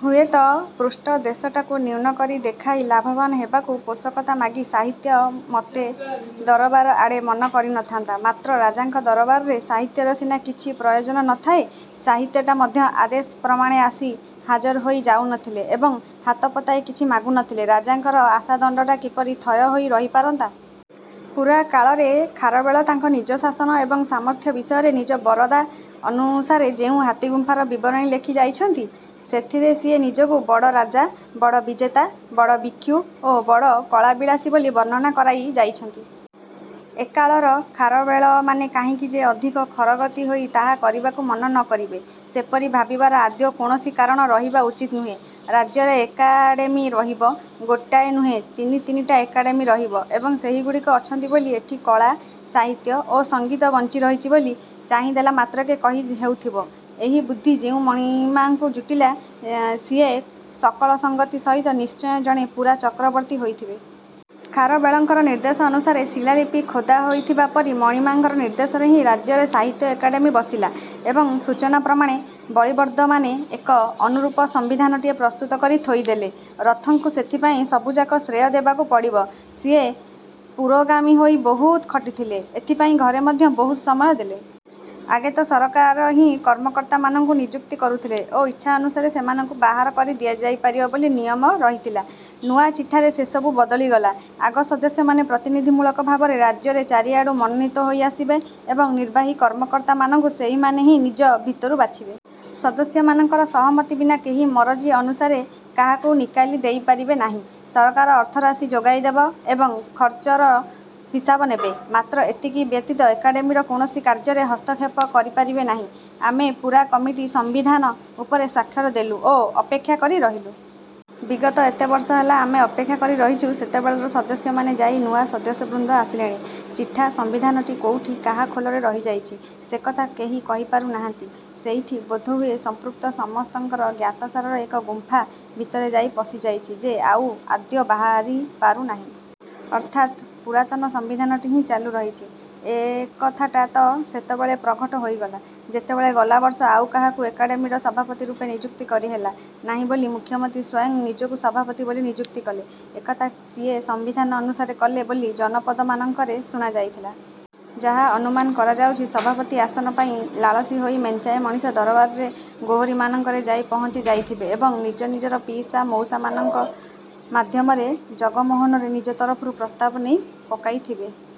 ହୁଏତ ପୃଷ୍ଠଦେଶଟାକୁ ନ୍ୟୁନ କରି ଦେଖାଇ ଲାଭବାନ୍ ହେବାକୁ ପୋଷକତା ମାଗି ସାହିତ୍ୟ ମୋଟେ ଦରବାର ଆଡ଼େ ମନ କରିନଥାନ୍ତା। ମାତ୍ର, ରାଜାଙ୍କ ଦରବାରରେ ସାହିତ୍ୟର ସିନା କିଛି ପ୍ରୟୋଜନ ନଥାଏ, ସାହିତ୍ୟଟା ମଧ୍ୟ ଆଦେଶ ପ୍ରମାଣେ ଆସି ହାଜର ହୋଇ ଯାଉନଥିଲେ ଏବଂ ହାତ ପତାଇ କିଛି ମାଗୁନଥିଲେ ରାଜାଙ୍କର ଆଶାଦଣ୍ଡଟା କିପରି ଥୟ ହୋଇ ରହିପାରନ୍ତା? ପୁରା କାଳରେ ଖାରବେଳ ତାଙ୍କ ନିଜ ଶାସନ ଏବଂ ସାମର୍ଥ୍ୟ ବିଷୟରେ ନିଜ ବରାଦ ଅନୁସାରେ ଯେଉଁ ହାତୀଗୁମ୍ଫାର ବିବରଣୀ ଲେଖି ଯାଇଛନ୍ତି, ସେଥିରେ ସିଏ ନିଜକୁ ବଡ଼ ରାଜା, ବଡ଼ ବିଜେତା, ବଡ଼ ଭିକ୍ଷୁ ଓ ବଡ଼ କଳାବିଳାସୀ ବୋଲି ବର୍ଣ୍ଣନା କରାଇ ଯାଇଛନ୍ତି। ଏକାଳର ଖାରବେଳମାନେ କାହିଁକି ଯେ ଅଧିକ ଖରଗତି ହୋଇ ତାହା କରିବାକୁ ମନ ନକରିବେ, ସେପରି ଭାବିବାର ଆଦୌ କୌଣସି କାରଣ ରହିବା ଉଚିତ ନୁହେଁ। ରାଜ୍ୟରେ ଏକାଡ଼େମୀ ରହିବ; ଗୋଟାଏ ନୁହେଁ, ତିନିତିନିଟା ଏକାଡ଼େମୀ ରହିବ ଏବଂ ସେହିଗୁଡ଼ିକ ଅଛନ୍ତି ବୋଲି ଏଠି କଳା, ସାହିତ୍ୟ ଓ ସଂଗୀତ ବଂଚି ରହିଛି ବୋଲି ଚାହିଁଦେଲା ମାତ୍ରକେ କହି ହେଉଥିବ, ଏହି ବୁଦ୍ଧି ଯେଉଁ ମଣିମାଙ୍କୁ ଜୁଟିଲା, ସିଏ ସକଳ ସଙ୍ଗତି ସହିତ ନିଶ୍ଚୟ ଜଣେ ପୂରା ଚକ୍ରବର୍ତ୍ତୀ ହୋଇଥିବେ। ଖାରବେଳଙ୍କର ନିର୍ଦ୍ଦେଶ ଅନୁସାରେ ଶିଳାଲିପି ଖୋଦା ହୋଇଥିବା ପରି ମଣିମାଙ୍କର ନିର୍ଦ୍ଦେଶରେ ହିଁ ରାଜ୍ୟରେ ସାହିତ୍ୟ ଏକାଡ଼େମୀ ବସିଲା ଏବଂ ସୂଚନା ପ୍ରମାଣେ ବଳିବର୍ଦ୍ଦମାନେ ଏକ ଅନୁରୂପ ସଂବିଧାନଟିଏ ପ୍ରସ୍ତୁତ କରି ଥୋଇଦେଲେ। ରଥଙ୍କୁ ସେଥିପାଇଁ ସବୁଯାକ ଶ୍ରେୟଃ ଦେବାକୁ ପଡ଼ିବ। ସିଏ ପୁରୋଗାମୀ ହୋଇ ବହୁତ ଖଟିଥିଲେ, ଏଥିପାଇଁ ଘରେ ମଧ୍ୟ ବହୁତ ସମୟ ଦେଲେ। ଆଗେ ତ ସରକାର ହିଁ କର୍ମକର୍ତ୍ତାମାନଙ୍କୁ ନିଯୁକ୍ତ କରୁଥିଲେ ଓ ଇଚ୍ଛା ଅନୁସାରେ ସେମାନଙ୍କୁ ବାହାର କରି ଦିଆଯାଇପାରିବ ବୋଲି ନିୟମ ରହିଥିଲା। ନୂଆ ଚିଠାରେ ସେସବୁ ବଦଳିଗଲା। ଆଗ ସଦସ୍ୟମାନେ ପ୍ରତିନିଧିମୂଳକ ଭାବରେ ରାଜ୍ୟର ଚାରିଆଡୁ ମନୋନୀତ ହୋଇଆସିବେ ଏବଂ ନିର୍ବାହୀ କର୍ମକର୍ତ୍ତାମାନଙ୍କୁ ସେହିମାନେ ହିଁ ନିଜ ଭିତରୁ ବାଛିବେ। ସଦସ୍ୟମାନଙ୍କର ସହମତି ବିନା କେହି ମରଜୀ ଅନୁସାରେ କାହାକୁ ନିକାଲି ଦେଇପାରିବେ ନାହିଁ। ସରକାର ଅର୍ଥ-ରାଶି ଯୋଗାଇଦେବେ ଏବଂ ଖରଚର ହିସାବ ନେବେ। ମାତ୍ର ଏତିକି ବ୍ୟତୀତ ଏକାଡ଼େମୀର କୌଣସି କାର୍ଯ୍ୟରେ ହସ୍ତକ୍ଷେପ କରିପାରିବେ ନାହିଁ। ଆମେ ପୂରା କମିଟି ସଂବିଧାନ ଉପରେ ସ୍ୱାକ୍ଷର ଦେଲୁ ଓ ଅପେକ୍ଷା କରି ରହିଲୁ। ବିଗତ ଏତେ ବର୍ଷ ହେଲା ଆମେ ଅପେକ୍ଷା କରି ରହିଛୁ। ସେତେବେଳର ସଦସ୍ୟମାନେ ଯାଇ ନୂଆ ସଦସ୍ୟବୃନ୍ଦ ଆସିଲେଣି। ଚିଠା ସମ୍ବିଧାନଟି କୋଉଠି କାହା ଖୋଲରେ ରହିଯାଇଛି, ସେକଥା କେହି କହି ପାରୁନାହାନ୍ତି। ସେଇଟି ବୋଧହୁଏ ସଂପୃକ୍ତ ସମସ୍ତଙ୍କର ଜ୍ଞାତସାରରେ ଏକ ଗୁମ୍ଫା ଭିତରେ ଯାଇ ପଶିଯାଇଛି ଯେ ଆଉ ଆଦୌ ବାହାରିପାରୁନାହିଁ। ଅର୍ଥାତ୍ ପୁରାତନ ସମ୍ବିଧାନଟି ହିଁ ଚାଲୁ ରହିଛି। ଏକଥାଟା ତ ସେତେବେଳେ ପ୍ରଘଟ ହୋଇଗଲା, ଯେତେବେଳେ ଗଲା ବର୍ଷ ଆଉ କାହାକୁ ଏକାଡ଼େମୀର ସଭାପତି ରୂପେ ନିଯୁକ୍ତ କରିହେଲା ନାହିଁ ବୋଲି ମୁଖ୍ୟମନ୍ତ୍ରୀ ସ୍ୱୟଂ ନିଜକୁ ସଭାପତି ବୋଲି ନିଯୁକ୍ତ କଲେ। ଏକଥା ସିଏ ସମ୍ବିଧାନ ଅନୁସାରେ କଲେ ବୋଲି ଜନପଦମାନଙ୍କରେ ଶୁଣାଯାଇଥିଲା। ଯାହା ଅନୁମାନ କରାଯାଉଛି, ସଭାପତି ଆସନ ପାଇଁ ଲାଳସୀ ହୋଇ ମେଞ୍ଚାଏ ମଣିଷ ଦରବାରର ଗୋହିରୀମାନଙ୍କରେ ଯାଇ ପହଞ୍ଚି ଯାଇଥିବେ ଏବଂ ନିଜ ନିଜର ପିଇସା ମଉସାମାନଙ୍କ ମାଧ୍ୟମରେ ଜଗମୋହନରେ ନିଜ ତରଫରୁ ପ୍ରସ୍ତାବ ନେଇ ପକାଇଥବେ।